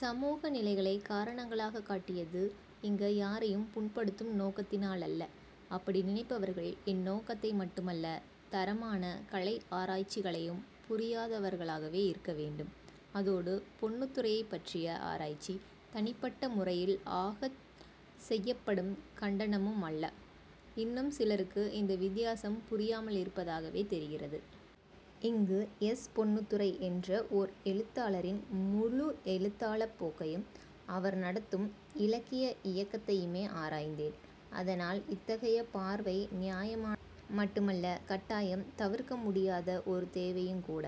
சமூக நிலைகளைக் காரணங்களாகக் காட்டியது இங்க யாரையும் புண்படுத்தும் நோக்கத்தினாலல்ல. அப்படி நினைப்பவர்கள் என் நோக்கத்தை மட்டுமல்ல, தரமான கலை ஆராய்ச்சிகளையும் புரியதவர்களாகவே இருக்க வேண்டும். அதோடு பொன்னுத்துரையைப்பற்றிய ஆராய்ச்சி தனிப்பட்ட முறையில் ஆகச் செய்யப்படும் கண்டனமும் அல்ல. இன்னும் சிலருக்கு இந்த வித்தியாசம் புரியாமல் இருப்பதாகவே தெரிகிறது. இங்கு எஸ். பொன்னுத்துரை என்ற ஓர் எழுத்தாளாரின் முழு எழுத்தாளப் போக்கையும் அவர் நடத்தும் இலக்கிய இயக்கத்தையுமே ஆராய்ந்தேன். அதனால் இத்தகைய பார்வை நியாயமானது மட்டுமல்ல, கட்டாயம் தவிர்க்க முடியாத ஒரு தேவையுங்கூட.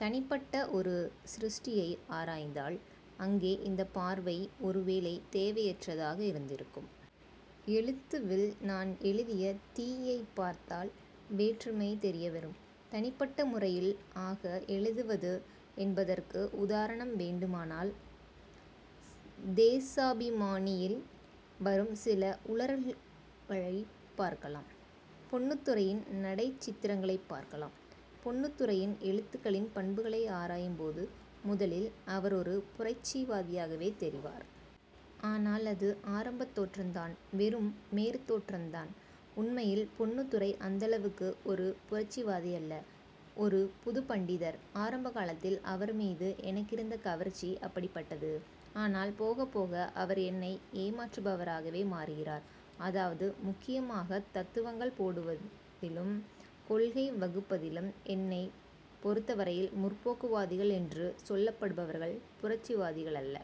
தனிப்பட்ட ஒரு சிருஷ்டியை ஆராய்ந்தால் அங்கே இந்தப் பார்வை ஒருவேளை தேவையற்றதாக இருந்திருக்கும். 'எழுத்து'வில் நான் எழுதிய 'தீ'யைப் பார்த்தால் வேற்றுமை தெரியவரும். தனிப்பட்ட முறையில் ஆக எழுதுவது என்பதற்கு உதாரணம் வேண்டுமானால் 'தேசாபிமானி'யில் வரும் சில உளறல்களைப் பார்க்கலாம். பொன்னுத்துரையின் நடைச் சித்திரங்களைப் பார்க்கலாம். பொன்னுத்துரையின் எழுத்துகளின் பண்புகளை ஆராயும் போது முதலில் அவர் ஒரு புரட்சிவாதியாகவே தெரிவார். ஆனால் அது ஆரம்பத் தோற்றந்தான். வெறும் மேற்தோற்றம்தான். உண்மையில் பொன்னுத்துரை அந்தளவுக்கு ஒரு புரட்சிவாதியல்ல. ஒரு புதுப் பண்டிதர். ஆரம்ப காலத்தில் அவர்மீது எனக்கிருந்த கவர்ச்சி அப்படிப்பட்டது. ஆனால் போகப் போக அவர் என்னை ஏமாற்றுபவராகவே மாறுகிறார். அதாவது, முக்கியமாகத் தத்துவங்கள் போடுவதிலும் கொள்கை வகுப்பதிலும் என்னைப் பொருத்தவரையில் 'முற்போக்கு'வாதிகள் என்று சொல்லப்படுபவர்கள் புரட்சிவாதிகளல்ல.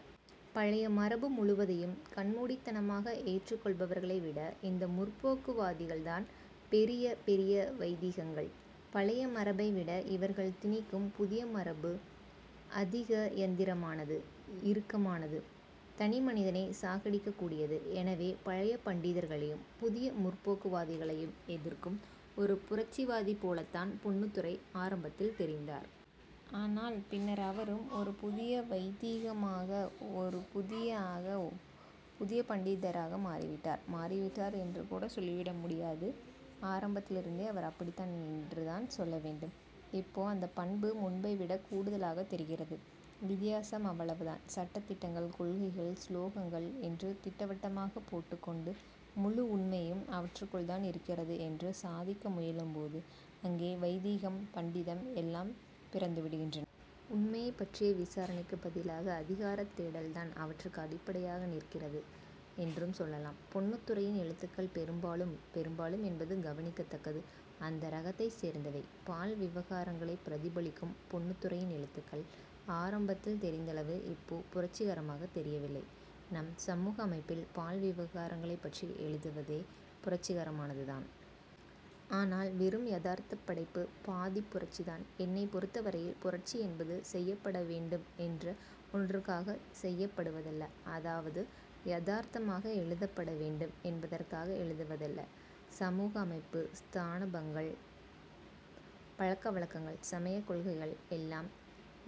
பழைய மரபு முழுவதையும் கண்மூடித்தனமாக ஏற்றக்கொள்பவர்களை விட இந்த 'முற்போக்கு'வாதிகள்தான் பெரிய. பெரிய வைதீகங்கள். பழைய மரபை விட இவர்கள் திணிக்கும் புதிய மரபு அதிக யந்திரமானது. இறுக்கமானது. தனிமனிதனைச் சாகடிக்கக் கூடியது. எனவே, பழைய பண்டிதர்களையும், புதிய 'முற்போக்கு'வாதிகளையும் எதிர்க்கும் ஒரு புரட்சிவாதிபோலத்தான் பொன்னுத்துரை ஆரம்பத்தில் தெரிந்தார். ஆனால் பின்னர் அவரும் ஒரு புதிய வைதீகமாக, ஒரு புதிய ஆக, ஒரு புதிய பண்டிதராக மாறிவிட்டார். மாறிவிட்டார் என்றுகூட சொல்லிவிட முடியாது. ஆரம்பத்திலிருந்தே அவர் அப்படித்தான் என்றுதான் சொல்ல வேண்டும். இப்போ அந்தப் பண்பு முன்பை விடக் கூடுதலாகத் தெரிகிறது. வித்தியாசம் அவ்வளவுதான். சட்ட திட்டங்கள், கொள்கைகள், சுலோகங்கள் என்று திட்டவட்டமாகப் போட்டுக் கொண்டு முழு உண்மையும் அவற்றுக்குள்தான் இருக்கிறது என்று சாதிக்க முயலும்போது அங்கே, வைதீகம், பண்டிதம் எல்லாம் பிறந்துவிடுகின்றன. உண்மையைப் பற்றிய விசாரணைக்குப் பதிலாக அதிகாரத் தேடல்தான் அவற்றுக்கு அடிப்படையாக நிற்கிறது என்றும் சொல்லலாம். பொன்னுத்துரையின் எழுத்துகள் பெரும்பாலும் பெரும்பாலும் என்பது கவனிக்கத்தக்கது அந்த ரகத்தைச் சேர்ந்தவை. பால் விவகாரங்களைப் பிரதிபலிக்கும் பொன்னுத்துரையின் எழுத்துகள் ஆரம்பத்தில் தெரிந்தளவுக்கு இப்போ புரட்சிகரமாகத் தெரியவில்லை. நம் சமூக அமைப்பில் பால் விவகாரங்களைப்பற்றி எழுதுவதே புரட்சிகரமானதுதான். ஆனால் வெறும் யதார்த்தப் படைப்பு பாதிப் புரட்சிதான். என்னைப் பொருத்தவரையில், புரட்சி என்பது செய்யப்பட வேண்டும் என்ற ஒன்றுக்காகச் செய்யப்படுவதல்ல. அதாவது யதார்த்தமாக எழுதப்பட வேண்டும் என்பதற்காக எழுதுவதல்ல. சமூக அமைப்பு, ஸ்தாபனங்கள், பழக்க வழக்கங்கள், சமயக் கொள்கைகள் எல்லாம்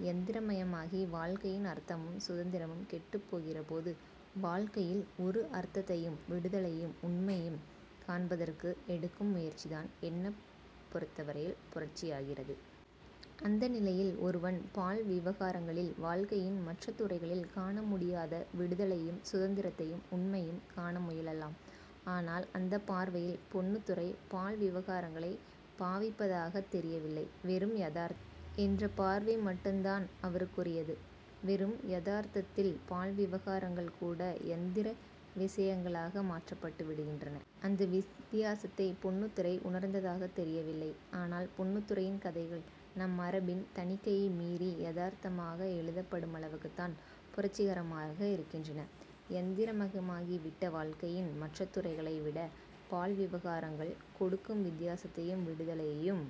யந்திரமயமாகி வாழ்க்கையின் அர்த்தமும் சுதந்திரமும் கெட்டுப்போகிறபோது வாழ்க்கையில் ஒரு அர்த்தத்தையும் விடுதலையையும் உண்மையையும் காண்பதற்கு எடுக்கும் முயற்சிதான் என்னைப் பொருத்தவரையில் புரட்சியாகிறது. அந்த நிலையில் ஒருவன் பால் விவகாரங்களில் வாழ்க்கையின் மற்ற துறைகளில் காண முடியாத விடுதலையையும் சுதந்திரத்தையும் உண்மையையும் காண முயலலாம். ஆனால் அந்தப் பார்வையில் பொன்னுத்துரை பால் விவகாரங்களைப் பாவிப்பதாகத் தெரியவில்லை. வெறும் யதார்த்தம் என்ற பார்வை மட்டுந்தான் அவருக்குரியது. வெறும் யதார்த்தத்தில் பால் விவகாரங்கள் கூட யந்திர விசயங்களாக மாற்றப்பட்டு விடுகின்றன. அந்த வித்தியாசத்தைப் பொன்னுத்துரை உணர்ந்ததாகத் தெரியவில்லை. அதனால் பொன்னுத்துரையின் கதைகள் நம் மரபின் தணிக்கையை மீறி யதார்த்தமாக எழுதப்படுமளவுக்குத்தான் புரட்சிகரமாக இருக்கின்றன. யந்திரமாகிவிட்ட வாழ்க்கையின் மற்ற துறைகளை விட பால் விவகாரங்கள் கொடுக்கும் வித்தியாசத்தையும் விடுதலையையும்